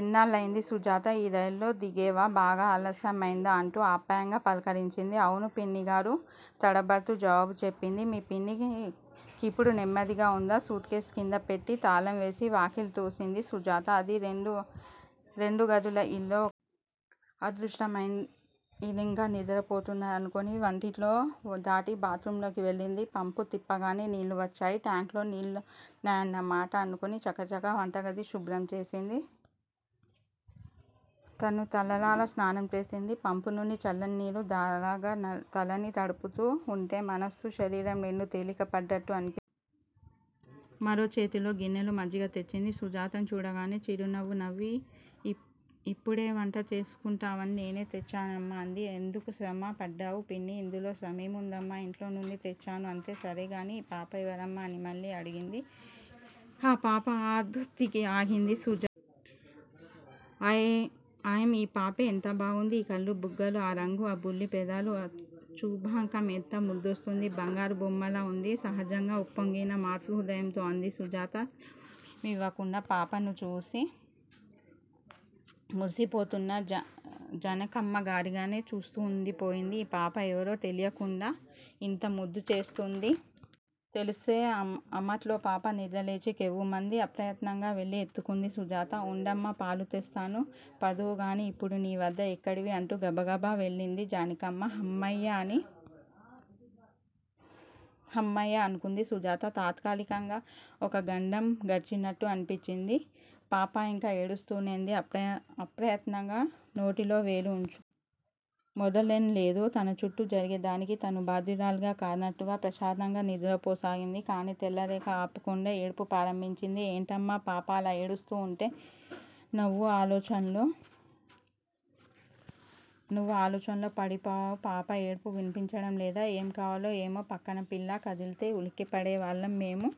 ఎన్నాళ్ళయింది సుజాతా! ఈ రైల్లో దిగేవా! బాగా ఆలస్యమైందే! అంటూ ఆప్యాయంగా పలుకరించింది. అవును పిన్నిగారూ! తడబడుతూ జవాబు చెప్పింది. మీ పిన్ని కిపుడు నెమ్మదిగా వుందా! సూట్ కేస్ క్రిందిపేట్టి తాళం తీసి, వాకిలి. తోసింది సుజాత. అది రెండుగదుల యిల్లు. ఒక. అదృష్టం యిదింకా నిదరపోతున్నది! అనుకుని వంటిల్లు దాటి బాత్ రూంలోకి వెళ్ళింది. పంపు తిప్పగానే నీళ్ళు వచ్చేయి. టాంక్ లో నీళ్ళున్నాయన్నమాట! అనుకుని చకచకా వంటగది శుభ్రం చేసింది. తను తలారా స్నానం చేసింది. పంపు నుండి చల్లని నీరు ధారగా తలని తడుపుతు వుంటే మనస్సు శరీరం రెండూ తేలిక పడ్డట్టుగా అనిపించాయి. మరో చేతిలో గిన్నెలో మజ్జిగ తెచ్చింది సుజాతని చూడగానే చిరునవ్వు నవ్వి ఇప్పుడేం వంట చేసుకుంటావని నేనే తెచ్చానమ్మా! అంది. ఎందుకు శ్రమ పడ్డావు పిన్నీ! ఇందులో శ్రమేం వుందమ్మా! ఇంట్లో వుంది తెచ్చాను. అంతే! సరేగాని యీ పాపా ఎవరమ్మా? అనిమళ్ళీ అడిగింది. ఆ పాప అర్ధోక్తిలో ఆగింది సుజాత. అం యీపాపే! ఎంత బాగుంది? ఆ కళ్ళు ఆ బుగ్గలు ఆ రంగూ, ఆ బుల్లి పెదాలు, ఆ చుబాకం ఎంత ముద్దోస్తుంది! బంగారు బొమ్మలా వుంది! సహజంగా ఉప్పొంగిన మాతృహృదయంతో అంది. సుజాత జవాబేమీ యివ్వకుండా పాపని చూసి మురిసిపోతోన్న జనికమ్మగారినే చూస్తూవుండిపోయింది. ఈ పాప ఎవరో తెలియకుండాఇంత ముద్దు చేస్తోంది. తెలిస్తే అమట్లో పాప నిద్ర లేచి కెవ్వుమంది. అప్రయత్నంగా వెళ్ళిఎత్తుకుంది సుజాత. ఉండమ్మా! పాలు తెస్తాను. పడుదువుగానీ, ఇప్పుడు నీ వద్ద ఎక్కడివి? అంటూ గబగబా వెళ్ళింది జానికమ్మ. హమ్మయ్య! అనుకుంది సుజాత. తాత్కాలికంగా ఒక గండం గడిచినట్ట్లుగా అనిపించింది. పాపయింకా ఏడుస్తూనే వుంది. ఆప్రయత్నంగా నోటిలో వేలు వుంచింది. మెదలనూ లేదు. తనచుట్టూ జరిగే దానికి తను బాధ్యురాలీని కాదన్నట్టుగా ప్రశాంతంగా నిదురపోసాగింది. కానీ తెల్లరేక ఆపకుండా ఏడుపు ప్రారంభించింది. ఏంటమ్మా! పాప అలా ఏడుస్తూ వుంటే నువ్వు ఆలోచనలో పడిపోయావు! పాప ఏడుపు వినిపించటం లేదా! ఎం కాలమో ఏమో! పక్కన పిల్ల కదిలితే ఉలికిపడే వాళ్ళం మేము!